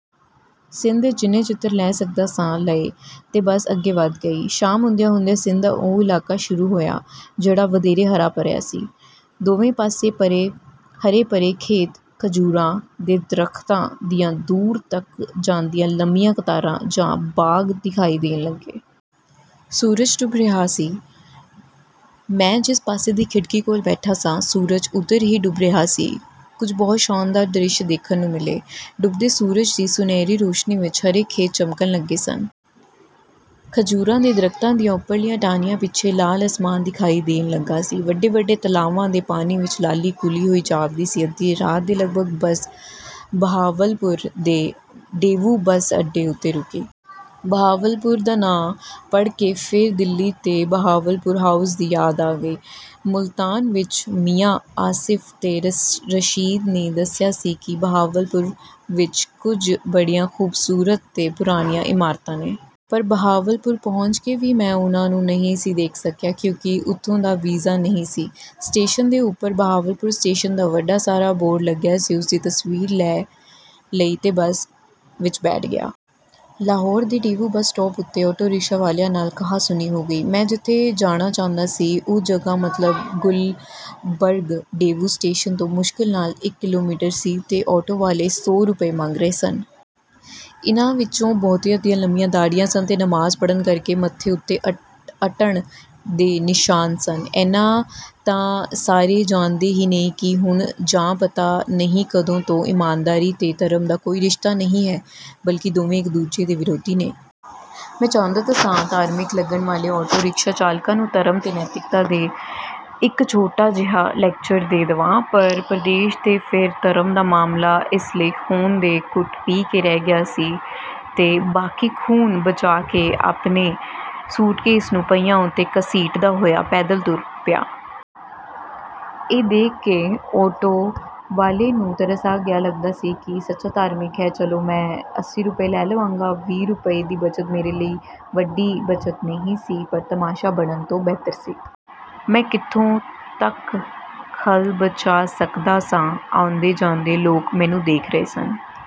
ਸਿੰਧ ਦੇ ਜਿੰਨੇ ਚਿੱਤਰ ਲੈ ਸਕਦਾ ਸਾਂ, ਲਏ ਤੇ ਬੱਸ ਅੱਗੇ ਵਧ ਗਈ। ਸ਼ਾਮ ਹੁੰਦਿਆਂ-ਹੁੰਦਿਆਂ ਸਿੰਧ ਦਾ ਉਹ ਇਲਾਕਾ ਸ਼ੁਰੂ ਹੋਇਆ, ਜਿਹੜਾ ਵਧੇਰੇ ਹਰਾ-ਭਰਿਆ ਹੈ। ਦੋਵੇਂ ਪਾਸੇ ਹਰੇ-ਭਰੇ ਖੇਤ, ਖਜੂਰਾਂ ਦੇ ਦਰਖ਼ਤਾਂ ਦੀਆਂ ਦੂਰ ਤੱਕ ਜਾਂਦੀਆਂ ਲੰਮੀਆਂ ਕਤਾਰਾਂ ਜਾਂ ਬਾਗ਼ ਦਿਖਾਈ ਦੇਣ ਲੱਗੇ। ਸੂਰਜ ਡੁੱਬ ਰਿਹਾ ਸੀ। ਮੈਂ ਜਿਸ ਪਾਸੇ ਦੀ ਖਿੜਕੀ ਕੋਲ ਬੈਠਾ ਸਾਂ, ਸੂਰਜ ਉਧਰ ਹੀ ਡੁੱਬ ਰਿਹਾ ਸੀ। ਕੁਝ ਬਹੁਤ ਸ਼ਾਨਦਾਰ ਦ੍ਰਿਸ਼ ਦੇਖਣ ਨੂੰ ਮਿਲੇ। ਡੁੱਬਦੇ ਸੂਰਜ ਦੀ ਸੁਨਹਿਰੀ ਰੋਸ਼ਨੀ ਵਿਚ ਹਰੇ ਖੇਤ ਚਮਕਣ ਲੱਗੇ ਸਨ। ਖਜੂਰਾਂ ਦੇ ਦਰਖ਼ਤਾਂ ਦੀਆਂ ਉਪਰਲੀਆਂ ਟਾਹਣੀਆਂ ਪਿੱਛੇ ਲਾਲ ਆਸਮਾਨ ਦਿਖਾਈ ਦੇਣ ਲੱਗਾ ਸੀ। ਵੱਡੇ-ਵੱਡੇ ਤਲਾਵਾਂ ਦੇ ਪਾਣੀ ਵਿਚ ਲਾਲੀ ਘੁਲੀ ਹੋਈ ਜਾਪਦੀ ਸੀ। ਅੱਧੀ ਰਾਤ ਦੇ ਲਗਭਗ ਬੱਸ ਬਹਾਵਲਪੁਰ ਦੇ ਡੇਵੂ ਬੱਸ ਅੱਡੇ ਉੱਤੇ ਰੁਕੀ। ਬਹਾਵਲਪੁਰ ਦਾ ਨਾਂ ਪੜ੍ਹ ਕੇ ਫੇਰ ਦਿੱਲੀ ਦੇ ਬਹਾਵਲਪੁਰ ਹਾਊਸ ਦੀ ਯਾਦ ਆ ਗਈ। ਮੁਲਤਾਨ ਵਿਚ ਮੀਆਂ ਆਸਿਫ ਤੇ ਰਸ਼ੀਦ ਨੇ ਦੱਸਿਆ ਸੀ ਕਿ ਬਹਾਵਲਪੁਰ ਵਿਚ ਕੁਝ ਬੜੀਆਂ ਖ਼ੂਬਸੂਰਤ ਤੇ ਪੁਰਾਣੀਆਂ ਇਮਾਰਤਾਂ ਨੇ। ਪਰ ਬਹਾਵਲਪੁਰ ਪਹੁੰਚ ਕੇ ਵੀ ਮੈਂ ਉਹਨਾਂ ਨੂੰ ਨਹੀਂ ਸੀ ਦੇਖ ਸਕਿਆ, ਕਿਉਂਕਿ ਉੱਥੋਂ ਦਾ ਵੀਜ਼ਾ ਨਹੀਂ ਸੀ। ਸਟੇਸ਼ਨ ਦੇ ਉੱਪਰ ਬਹਾਵਲਪੁਰ ਸਟੇਸ਼ਨ ਦਾ ਵੱਡਾ ਸਾਰਾ ਬੋਰਡ ਲੱਗਿਆ ਸੀ। ਉਸਦੀ ਤਸਵੀਰ ਲੈ ਲਈ ਤੇ ਬੱਸ ਵਿਚ ਬੈਠ ਗਿਆ। ਲਾਹੌਰ ਦੇ ਡੇਵੂ ਬੱਸ ਸਟਾਪ ਉੱਤੇ ਆਟੋ ਰਿਕਸ਼ਾ ਵਾਲਿਆਂ ਨਾਲ ਕਹਾ-ਸੁਣੀ ਹੋ ਗਈ। ਮੈਂ ਜਿੱਥੇ ਜਾਣਾ ਚਾਹੁੰਦਾ ਸੀ, ਉਹ ਜਗ੍ਹਾ, ਮਤਲਬ ਗੁਲਬਰਗ, ਡੇਵੂ ਸਟੇਸ਼ਨ ਤੋਂ ਮੁਸ਼ਕਲ ਨਾਲ ਇਕ ਕਿਲੋਮੀਟਰ ਸੀ ਤੇ ਆਟੋ ਵਾਲੇ ਸੌ ਰੁਪਏ ਮੰਗ ਰਹੇ ਸਨ। ਇਹਨਾਂ ਵਿਚੋਂ ਬਹੁਤਿਆਂ ਦੀਆਂ ਲੰਮੀਆਂ ਦਾੜ੍ਹੀਆਂ ਸਨ ਤੇ ਨਮਾਜ਼ ਪੜ੍ਹਨ ਕਰਕੇ ਮੱਥੇ ਉੱਤੇ ਅੱਟਣ ਦੇ ਨਿਸ਼ਾਨ ਸਨ। ਏਨਾ ਤਾਂ ਸਾਰੇ ਜਾਣਦੇ ਹੀ ਨੇ ਕਿ ਹੁਣ, ਜਾਂ ਪਤਾ ਨਹੀਂ ਕਦੋਂ ਤੋਂ, ਇਮਾਨਦਾਰੀ ਤੇ ਧਰਮ ਦਾ ਕੋਈ ਰਿਸ਼ਤਾ ਨਹੀਂ ਹੈ, ਬਲਕਿ ਦੋਵੇਂ ਇਕ-ਦੂਜੇ ਦੇ ਵਿਰੋਧੀ ਨੇ। ਮੈਂ ਚਾਹੁੰਦਾ ਤਾਂ ਸਾਂ ਕਿ ਧਾਰਮਿਕ ਲੱਗਣ ਵਾਲੇ ਆਟੋ ਰਿਕਸ਼ਾ ਚਾਲਕਾਂ ਨੂੰ ਧਰਮ ਤੇ ਨੈਤਿਕਤਾ 'ਤੇ ਇਕ ਛੋਟਾ ਜਿਹਾ ਲੈਕਚਰ ਦੇ ਦੇਵਾਂ, ਪਰ ਪਰਦੇਸ ਤੇ ਫੇਰ ਧਰਮ ਦਾ ਮਾਮਲਾ, ਇਸ ਲਈ ਖ਼ੂਨ ਦੇ ਘੁੱਟ ਪੀ ਕੇ ਰਹਿ ਗਿਆ ਤੇ ਬਾਕੀ ਖ਼ੂਨ ਬਚਾ ਕੇ ਆਪਣੇ ਸੂਟਕੇਸ ਨੂੰ ਪਹੀਆਂ ਉੱਤੇ ਘਸੀਟਦਾ ਹੋਇਆ ਪੈਦਲ ਤੁਰ ਪਿਆ। ਇਹ ਦੇਖ ਕੇ ਆਟੋ ਵਾਲੇ ਨੂੰ ਤਰਸ ਆ ਗਿਆ। ਲੱਗਦਾ ਸੀ ਕਿ ਸੱਚਾ ਧਾਰਮਿਕ ਹੈ। "ਚਲੋ, ਮੈਂ ਅੱਸੀ ਰੁਪਏ ਲੈ ਲਵਾਂਗਾ।" ਵੀਹ ਰੁਪਏ ਦੀ ਬਚਤ ਮੇਰੇ ਲਈ ਬੜੀ ਵੱਡੀ ਗੱਲ ਨਹੀਂ ਸੀ, ਪਰ ਤਮਾਸ਼ਾ ਬਣਨ ਤੋਂ ਬਿਹਤਰ ਸੀ। ਮੈਂ ਕਿੱਥੋਂ ਤੱਕ ਖੱਲ ਬਚਾ ਸਕਦਾ ਸਾਂ? ਆਉਂਦੇ-ਜਾਂਦੇ ਲੋਕ ਮੈਨੂੰ ਦੇਖ ਰਹੇ ਸਨ।